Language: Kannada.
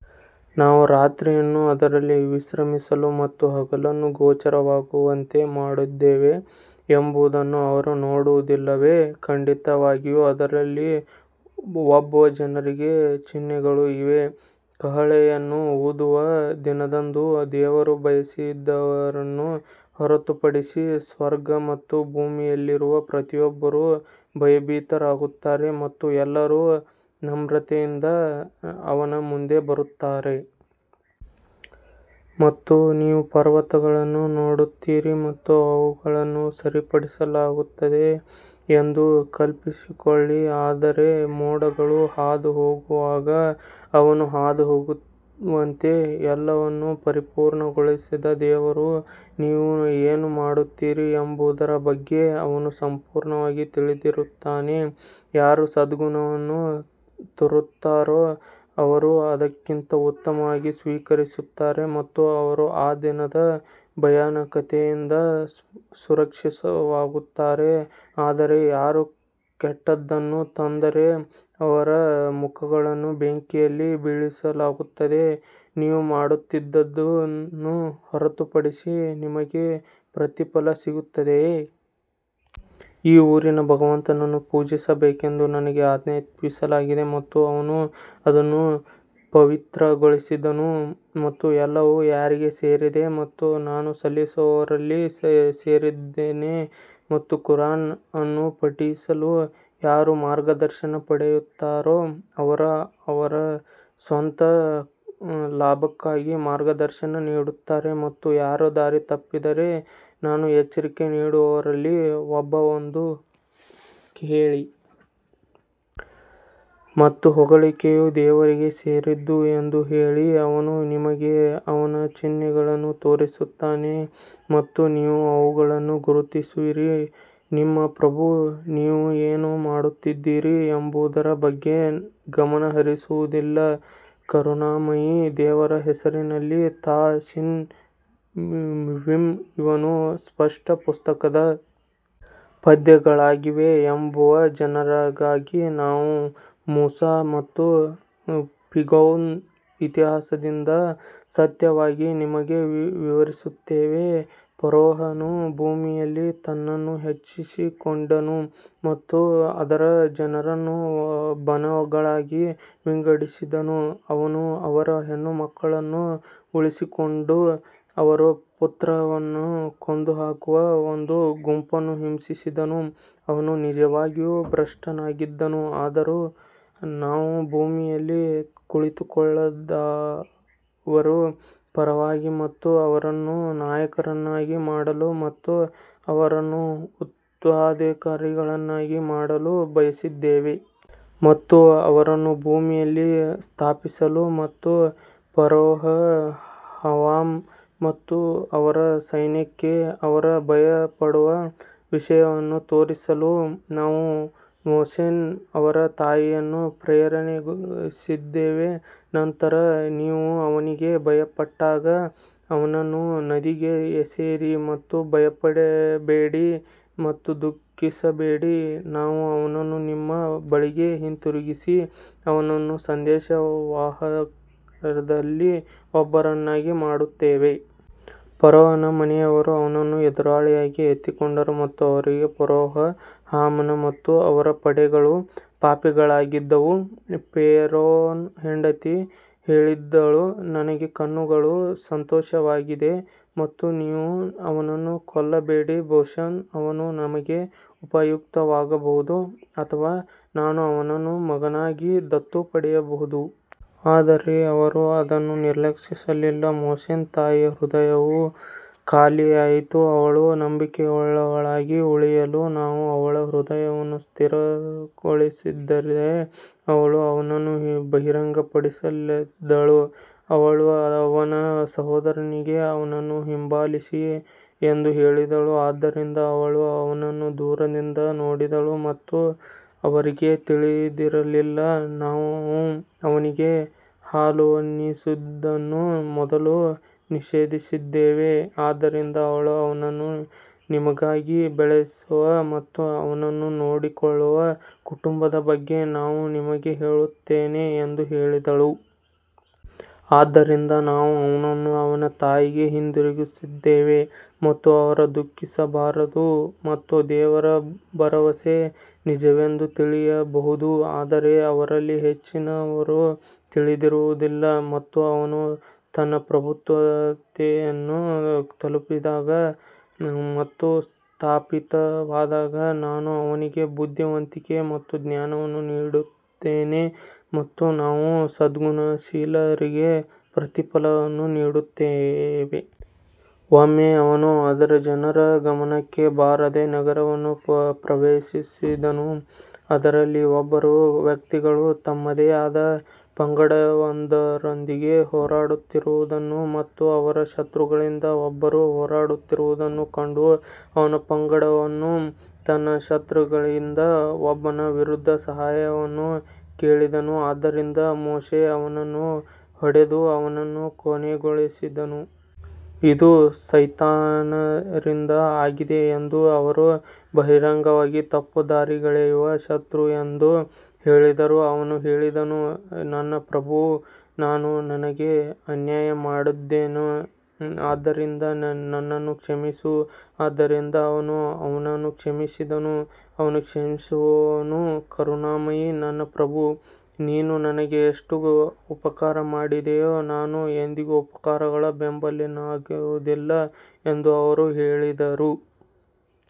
ನಾವು ರಾತ್ರಿಯನ್ನು ಅದರಲ್ಲಿ ವಿಶ್ರಮಿಸಲು ಮತ್ತು ಹಗಲನ್ನು ಗೋಚರವಾಗುವಂತೆ ಮಾಡಿದ್ದೇವೆ ಎಂಬುದನ್ನು ಅವರು ನೋಡುವುದಿಲ್ಲವೇ, ಖಂಡಿತವಾಗಿಯೂ ಅದರಲ್ಲಿ ನಂಬುವ ಜನರಿಗೆ ಚಿಹ್ನೆಗಳು ಇವೆ. ಕಹಳೆಯನ್ನು ಊದುವ ದಿನದಂದು, ದೇವರು ಬಯಸಿದವರನ್ನು ಹೊರತುಪಡಿಸಿ, ಸ್ವರ್ಗ ಮತ್ತು ಭೂಮಿಯಲ್ಲಿರುವ ಪ್ರತಿಯೊಬ್ಬರೂ ಭಯಭೀತರಾಗುತ್ತಾರೆ ಮತ್ತು ಎಲ್ಲರೂ ನಮ್ರತೆಯಿಂದ ಅವನ ಮುಂದೆ ಬರುತ್ತಾರೆ. ಮತ್ತು ನೀವು ಪರ್ವತಗಳನ್ನು ನೋಡುತ್ತೀರಿ ಮತ್ತು ಅವುಗಳನ್ನು ಸರಿಪಡಿಸಲಾಗಿದೆ ಎಂದು ಕಲ್ಪಿಸಿಕೊಳ್ಳಿ ಆದರೆ ಮೋಡಗಳು ಹಾದುಹೋಗುವಾಗ ಅವು ಹಾದುಹೋಗುತ್ತವೆ, ಎಲ್ಲವನ್ನೂ ಪರಿಪೂರ್ಣಗೊಳಿಸಿದ ದೇವರು ನೀವು ಏನು ಮಾಡುತ್ತೀರಿ ಎಂಬುದರ ಬಗ್ಗೆ ಅವನು ಸಂಪೂರ್ಣವಾಗಿ ತಿಳಿದಿರುತ್ತಾನೆ. ಯಾರು ಸದ್ಗುಣವನ್ನು ತರುತ್ತಾರೋ ಅವರು ಅದಕ್ಕಿಂತ ಉತ್ತಮವಾಗಿ ಸ್ವೀಕರಿಸುತ್ತಾರೆ ಮತ್ತು ಅವರು ಆ ದಿನದ ಭಯಾನಕತೆಯಿಂದ ಸುರಕ್ಷಿತವಾಗಿರುತ್ತಾರೆ ಆದರೆ ಯಾರು ಕೆಟ್ಟದ್ದನ್ನು ತಂದರೆ ಅವರ ಮುಖಗಳನ್ನು ಬೆಂಕಿಯಲ್ಲಿ ಬೀಳಿಸಲಾಗುತ್ತದೆ, ನೀವು ಮಾಡುತ್ತಿದ್ದುದನ್ನು ಹೊರತುಪಡಿಸಿ ನಿಮಗೆ ಪ್ರತಿಫಲ ಸಿಗುತ್ತದೆಯೇ? ಈ ಊರಿನ ಭಗವಂತನನ್ನು ಪೂಜಿಸಬೇಕೆಂದು ನನಗೆ ಆಜ್ಞಾಪಿಸಲಾಯಿತು ಮತ್ತು ಅವನು ಅದನ್ನು ಪವಿತ್ರಗೊಳಿಸಿದನು ಮತ್ತು ಎಲ್ಲವೂ ಯಾರಿಗೆ ಸೇರಿದೆ ಮತ್ತು ನಾನು ಸಲ್ಲಿಸುವವರಲ್ಲಿ ಸೇರಿದ್ದೇನೆ ಮತ್ತು ಖುರಾನ್ ಅನ್ನು ಪಠಿಸಲು ಯಾರು ಮಾರ್ಗದರ್ಶನ ಪಡೆಯುತ್ತಾರೋ ಅವರು ಅವರ ಸ್ವಂತ ಲಾಭಕ್ಕಾಗಿ ಮಾರ್ಗದರ್ಶನ ನೀಡುತ್ತಾರೆ ಮತ್ತು ಯಾರು ದಾರಿ ತಪ್ಪಿದರೆ ನಾನು ಎಚ್ಚರಿಕೆ ನೀಡುವವರಲ್ಲಿ ಒಬ್ಬ ಎಂದು ಹೇಳಿ. ಮತ್ತು ಹೊಗಳಿಕೆಯು ದೇವರಿಗೆ ಸೇರಿದ್ದು ಎಂದು ಹೇಳಿ, ಅವನು ನಿಮಗೆ ಅವನ ಚಿಹ್ನೆಗಳನ್ನು ತೋರಿಸುತ್ತಾನೆ ಮತ್ತು ನೀವು ಅವುಗಳನ್ನು ಗುರುತಿಸುವಿರಿ, ನಿಮ್ಮ ಪ್ರಭು ನೀವು ಏನು ಮಾಡುತ್ತಿದ್ದೀರಿ ಎಂಬುದರ ಬಗ್ಗೆ ಗಮನ ಹರಿಸುವುದಿಲ್ಲ. ಕರುಣಾಮಯಿ ದೇವರ ಹೆಸರಿನಲ್ಲಿ ತಾ ಸೀನ್ ಮೀಮ್ ಇವು ಸ್ಪಷ್ಟ ಪುಸ್ತಕದ ಪದ್ಯಗಳಾಗಿವೆ ನಂಬುವ ಜನರಿಗಾಗಿ ನಾವು ಮೂಸಾ ಮತ್ತು ಫಿರ್ಔನ್ನ ಇತಿಹಾಸದಿಂದ ಸತ್ಯವಾಗಿ ನಿಮಗೆ ವಿವರಿಸುತ್ತೇವೆ ಫರೋಹನು ಭೂಮಿಯಲ್ಲಿ ತನ್ನನ್ನು ಹೆಚ್ಚಿಸಿಕೊಂಡನು ಮತ್ತು ಅದರ ಜನರನ್ನು ಬಣಗಳಾಗಿ ವಿಂಗಡಿಸಿದನು ಅವನು ಅವರ ಹೆಣ್ಣುಮಕ್ಕಳನ್ನು ಉಳಿಸಿಕೊಂಡು ಅವರ ಪುತ್ರರನ್ನು ಕೊಂದುಹಾಕುವ ಒಂದು ಗುಂಪನ್ನು ಹಿಂಸಿಸಿದನು ಅವನು ನಿಜವಾಗಿಯೂ ಭ್ರಷ್ಟನಾಗಿದ್ದನು ಆದರೆ ನಾವು ಭೂಮಿಯಲ್ಲಿ ತುಳಿತಕ್ಕೊಳಗಾದವರ ಪರವಾಗಿ ಮತ್ತು ಅವರನ್ನು ನಾಯಕರನ್ನಾಗಿ ಮಾಡಲು ಮತ್ತು ಅವರನ್ನು ಉತ್ತರಾಧಿಕಾರಿಗಳನ್ನಾಗಿ ಮಾಡಲು ಬಯಸಿದ್ದೇವೆ. ಮತ್ತು ಅವರನ್ನು ಭೂಮಿಯಲ್ಲಿ ಸ್ಥಾಪಿಸಲು ಮತ್ತು ಫರೋಹ ಹಮಾನ್ ಮತ್ತು ಅವರ ಸೈನ್ಯಕ್ಕೆ ಅವರು ಭಯಪಡುವ ವಿಷಯವನ್ನು ತೋರಿಸಲು ನಾವು ಮೋಸೆಸ್ ಅವರ ತಾಯಿಯನ್ನು ಪ್ರೇರೇಪಿಸಿದ್ದೇವೆ, ನಂತರ ನೀವು ಅವನಿಗೆ ಭಯಪಟ್ಟಾಗ ಅವನನ್ನು ನದಿಗೆ ಎಸೆಯಿರಿ ಮತ್ತು ಭಯಪಡಬೇಡಿ ಮತ್ತು ದುಃಖಿಸಬೇಡಿ ನಾವು ಅವನನ್ನು ನಿಮ್ಮ ಬಳಿಗೆ ಹಿಂತಿರುಗಿಸಿ ಅವನನ್ನು ಸಂದೇಶವಾಹಕರಲ್ಲಿ ಒಬ್ಬರನ್ನಾಗಿ ಮಾಡುತ್ತೇವೆ. ಫರೋಹನ ಮನೆಯವರು ಅವನನ್ನು ಎದುರಾಳಿಯಾಗಿ ಎತ್ತಿಕೊಂಡರು ಮತ್ತು ಅವರಿಗೆ ಫರೋಹ ಹಾಮಾನ ಮತ್ತು ಅವರ ಪಡೆಗಳು ಪಾಪಿಗಳಾಗಿದ್ದವು ಫೇರೋನ ಹೆಂಡತಿ ಹೇಳಿದಳು ನನಗೆ ಕಣ್ಣುಗಳು ಸಂತೋಷವಾಗಿದೆ ಮತ್ತು ನೀವು ಅವನನ್ನು ಕೊಲ್ಲಬೇಡಿ ಬಹುಶಃ ಅವನು ನಮಗೆ ಉಪಯುಕ್ತವಾಗಬಹುದು ಅಥವಾ ನಾವು ಅವನನ್ನು ಮಗನಾಗಿ ದತ್ತು ಪಡೆಯಬಹುದು ಆದರೆ ಅವರು ಅದನ್ನು ನಿರೀಕ್ಷಿಸಲಿಲ್ಲ ಮೋಸೆಸ್ ತಾಯಿಯ ಹೃದಯವು ಖಾಲಿಯಾಯಿತು, ಅವಳು ನಂಬಿಕೆಯುಳ್ಳವಳಾಗಿ ಉಳಿಯಲು ನಾವು ಅವಳ ಹೃದಯವನ್ನು ಸ್ಥಿರಗೊಳಿಸದಿದ್ದರೆ ಅವಳು ಅವನನ್ನು ಬಹಿರಂಗಪಡಿಸಲಿದ್ದಳು ಅವಳು ಅವನ ಸಹೋದರಿಗೆ ಅವನನ್ನು ಹಿಂಬಾಲಿಸಿ ಎಂದು ಹೇಳಿದಳು ಆದ್ದರಿಂದ ಅವಳು ಅವನನ್ನು ದೂರದಿಂದ ನೋಡಿದಳು ಮತ್ತು ಅವರಿಗೆ ತಿಳಿದಿರಲಿಲ್ಲ ನಾವು ಅವನಿಗೆ ಹಾಲುಣಿಸುವುದನ್ನು ಮೊದಲು ನಿಷೇಧಿಸಿದ್ದೇವೆ ಆದ್ದರಿಂದ ಅವಳು ಅವನನ್ನು ನಿಮಗಾಗಿ ಬೆಳೆಸುವ ಮತ್ತು ಅವನನ್ನು ನೋಡಿಕೊಳ್ಳುವ ಕುಟುಂಬದ ಬಗ್ಗೆ ನಾನು ನಿಮಗೆ ಹೇಳುತ್ತೇನೆ ಎಂದು ಹೇಳಿದಳು. ಆದ್ದರಿಂದ ನಾವು ಅವನನ್ನು ಅವನ ತಾಯಿಗೆ ಹಿಂದಿರುಗಿಸಿದ್ದೇವೆ ಮತ್ತು ಅವರು ದುಃಖಿಸಬಾರದು ಮತ್ತು ದೇವರ ಭರವಸೆ ನಿಜವೆಂದು ತಿಳಿಯಬಹುದು ಆದರೆ ಅವರಲ್ಲಿ ಹೆಚ್ಚಿನವರು ತಿಳಿದಿರುವುದಿಲ್ಲ. ಮತ್ತು ಅವನು ತನ್ನ ಪ್ರಬುದ್ಧತೆಯನ್ನು ತಲುಪಿದಾಗ ಮತ್ತು ಸ್ಥಾಪಿತವಾದಾಗ ನಾವು ಅವನಿಗೆ ಬುದ್ಧಿವಂತಿಕೆ ಮತ್ತು ಜ್ಞಾನವನ್ನು ನೀಡಿದ್ದೇವೆ ಮತ್ತು ನಾವು ಸದ್ಗುಣಶೀಲರಿಗೆ ಪ್ರತಿಫಲವನ್ನು ನೀಡುತ್ತೇವೆ. ಒಮ್ಮೆ ಅವನು ಅದರ ಜನರ ಗಮನಕ್ಕೆ ಬಾರದೆ ನಗರವನ್ನು ಪ್ರವೇಶಿಸಿದನು, ಅದರಲ್ಲಿ ಇಬ್ಬರು ವ್ಯಕ್ತಿಗಳು ತಮ್ಮದೇ ಆದ ಪಂಗಡದವರೊಂದಿಗೆ ಹೋರಾಡುತ್ತಿರುವುದನ್ನು ಮತ್ತು ಅವರ ಶತ್ರುಗಳಿಂದ ಒಬ್ಬರು ಹೋರಾಡುತ್ತಿರುವುದನ್ನು ಕಂಡು ಅವನ ಪಂಗಡದವನು ತನ್ನ ಶತ್ರುಗಳಿಂದ ಒಬ್ಬನ ವಿರುದ್ಧ ಸಹಾಯವನ್ನು ಕೇಳಿದನು, ಆದ್ದರಿಂದ ಮೋಶೆ ಅವನನ್ನು ಹೊಡೆದು ಅವನನ್ನು ಕೊನೆಗೊಳಿಸಿದನು. ಇದು ಸೈತಾನರಿಂದ ಆಗಿದೆ ಎಂದು ಅವರು ಬಹಿರಂಗವಾಗಿ ತಪ್ಪುದಾರಿಗೆಳೆಯುವ ಶತ್ರು ಎಂದು ಹೇಳಿದರು ಅವನು ಹೇಳಿದನು ನನ್ನ ಪ್ರಭೂ ನಾನು ನನಗೆ ಅನ್ಯಾಯ ಮಾಡಿದ್ದೇನೆ ಆದ್ದರಿಂದ ನನ್ನನ್ನು ಕ್ಷಮಿಸು ಆದ್ದರಿಂದ ಅವನು ಅವನನ್ನು ಕ್ಷಮಿಸಿದನು ಅವನು ಕ್ಷಮಿಸುವವನು ಕರುಣಾಮಯಿ ನನ್ನ ಪ್ರಭು, ನೀನು ನನಗೆ ಎಷ್ಟು ಉಪಕಾರ ಮಾಡಿದೀಯೋ, ನಾನು ಎಂದಿಗೂ ಅಪರಾಧಿಗಳ ಬೆಂಬಲಿಗನಾಗುವುದಿಲ್ಲ ಎಂದು ಅವರು ಹೇಳಿದರು.